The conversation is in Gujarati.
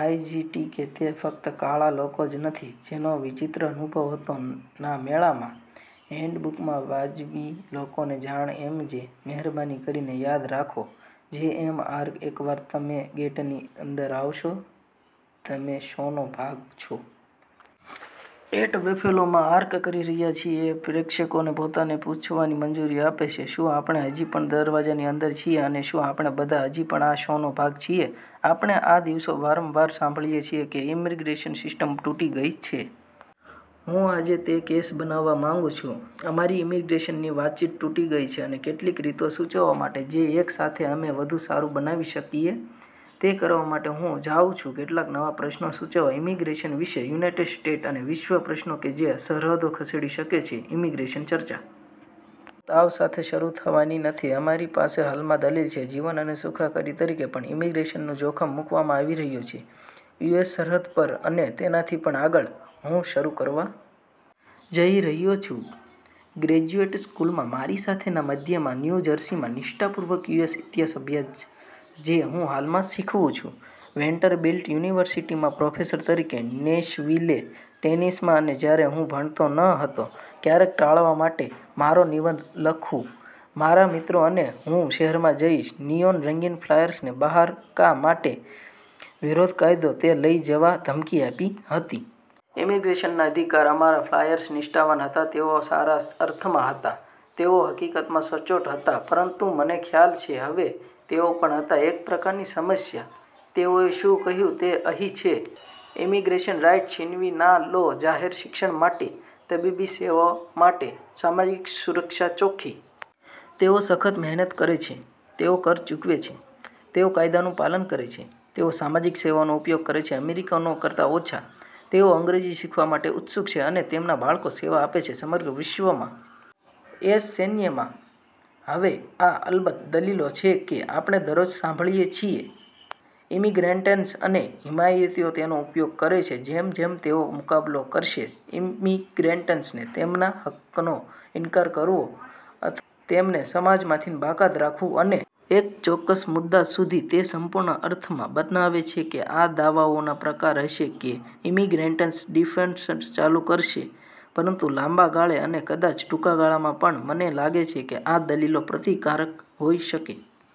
આયજીટીકે: તે ફક્ત કાળા લોકો જ નથી જેનો વિચિત્ર અનુભવ હતો ના મેળામાં. હેન્ડબુક માં વાજબી લોકોને જાણ એમજે: મહેરબાની કરીને યાદ રાખો. જેએમઆર: એકવાર તમે ગેટની અંદર આવશો, તમે શોનો ભાગ છો. એટ બફેલો માં આર્ક કરી રહ્યા છીએ પ્રેક્ષકોને પોતાને પૂછવાની મંજૂરી આપે છે, શું આપણે હજી પણ દરવાજાની અંદર છીએ અને શું આપણે બધા હજી પણ આ શોનો ભાગ છીએ? આપણે આ દિવસો વારંવાર સાંભળીએ છીએ કે ઇમિગ્રેશન સિસ્ટમ તૂટી ગઈ છે. હું આજે તે કેસ બનાવવા માંગું છું. અમારી ઇમિગ્રેશન વાતચીત તૂટી ગઈ છે અને કેટલીક રીતો સૂચવવા માટે, જે એક સાથે, અમે વધુ સારું બનાવી શકીએ. તે કરવા માટે, હું જાઉં છું કેટલાક નવા પ્રશ્નો સૂચવવા ઇમિગ્રેશન વિશે, યુનાઇટેડ સ્ટેટ્સ અને વિશ્વ, પ્રશ્નો કે જે સરહદો ખસેડી શકે છે ઇમિગ્રેશન ચર્ચા. હું તાવ સાથે શરૂ થવાની નથી અમારી પાસે હાલમાં દલીલ છે, જીવન અને સુખાકારી તરીકે પણ ઇમિગ્રન્ટ્સનું જોખમ મુકવામાં આવી રહ્યું છે. યુ. એસ. સરહદ પર અને તેનાથી પણ આગળ. હું શરૂ કરવા જઇ રહ્યો છું ગ્રેજ્યુએટ સ્કૂલમાં મારી સાથે ના મધ્યમાં ન્યુ જર્સીમાં, નિષ્ઠાપૂર્વક યુએસ ઇતિહાસ અભ્યાસ, જે હું હાલમાં શીખવું છું, વેન્ડરબિલ્ટ યુનિવર્સિટીમાં પ્રોફેસર તરીકે નેશવિલે, ટેનેસીમાં અને જ્યારે હું ભણતો ન હતો, ક્યારેક ટાળવા માટે મારો નિબંધ લખવું, મારા મિત્રો અને હું શહેરમાં જઇશ નિયોન-રંગીન ફ્લાયર્સને બહાર કા માટે, વિરોધ કાયદો તે લઈ જવા ધમકી આપી હતી. ઇમિગ્રન્ટ્સના અધિકાર. અમારા ફ્લાયર્સ નિષ્ઠાવાન હતા, તેઓ સારા અર્થમાં હતા, તેઓ હકીકતમાં સચોટ હતા, પરંતુ મને ખ્યાલ છે હવે, તેઓ પણ હતા એક પ્રકારની સમસ્યા. તેઓએ શું કહ્યું તે અહીં છે: "ઇમિગ્રન્ટ રાઇટ્સ છીનવી ના લો જાહેર શિક્ષણ માટે, તબીબી સેવાઓ માટે, સામાજિક સુરક્ષા ચોખ્ખી. તેઓ સખત મહેનત કરે છે. તેઓ કર ચૂકવે છે. તેઓ કાયદાનું પાલન કરે છે. તેઓ સામાજિક સેવાઓનો ઉપયોગ કરે છે અમેરિકનો કરતા ઓછા. તેઓ અંગ્રેજી શીખવા માટે ઉત્સુક છે, અને તેમના બાળકો સેવા આપે છે સમગ્ર વિશ્વમાં યુ. એસ. સૈન્યમાં. હવે, આ, અલબત્ત, દલીલો છે કે આપણે દરરોજ સાંભળીએ છીએ. ઇમિગ્રન્ટ્સ અને હિમાયતીઓ તેનો ઉપયોગ કરે છે જેમ- જેમ તેઓ મુકાબલો કરશે ઇમિગ્રન્ટ્સને તેમના હકનો ઇનકાર કરો અથવા તેમને સમાજમાંથી બાકાત રાખવું. અને એક ચોક્કસ મુદ્દા સુધી, તે સંપૂર્ણ અર્થમાં બનાવે છે કે આ દાવાઓનાં પ્રકારો હશે કે ઇમિગ્રન્ટ્સ ડિફેન્ડર્સ ચાલુ કરશે, પરંતુ લાંબા ગાળે અને કદાચ ટૂંકા ગાળામાં પણ, મને લાગે છે કે આ દલીલો પ્રતિકારક હોઈ શકે.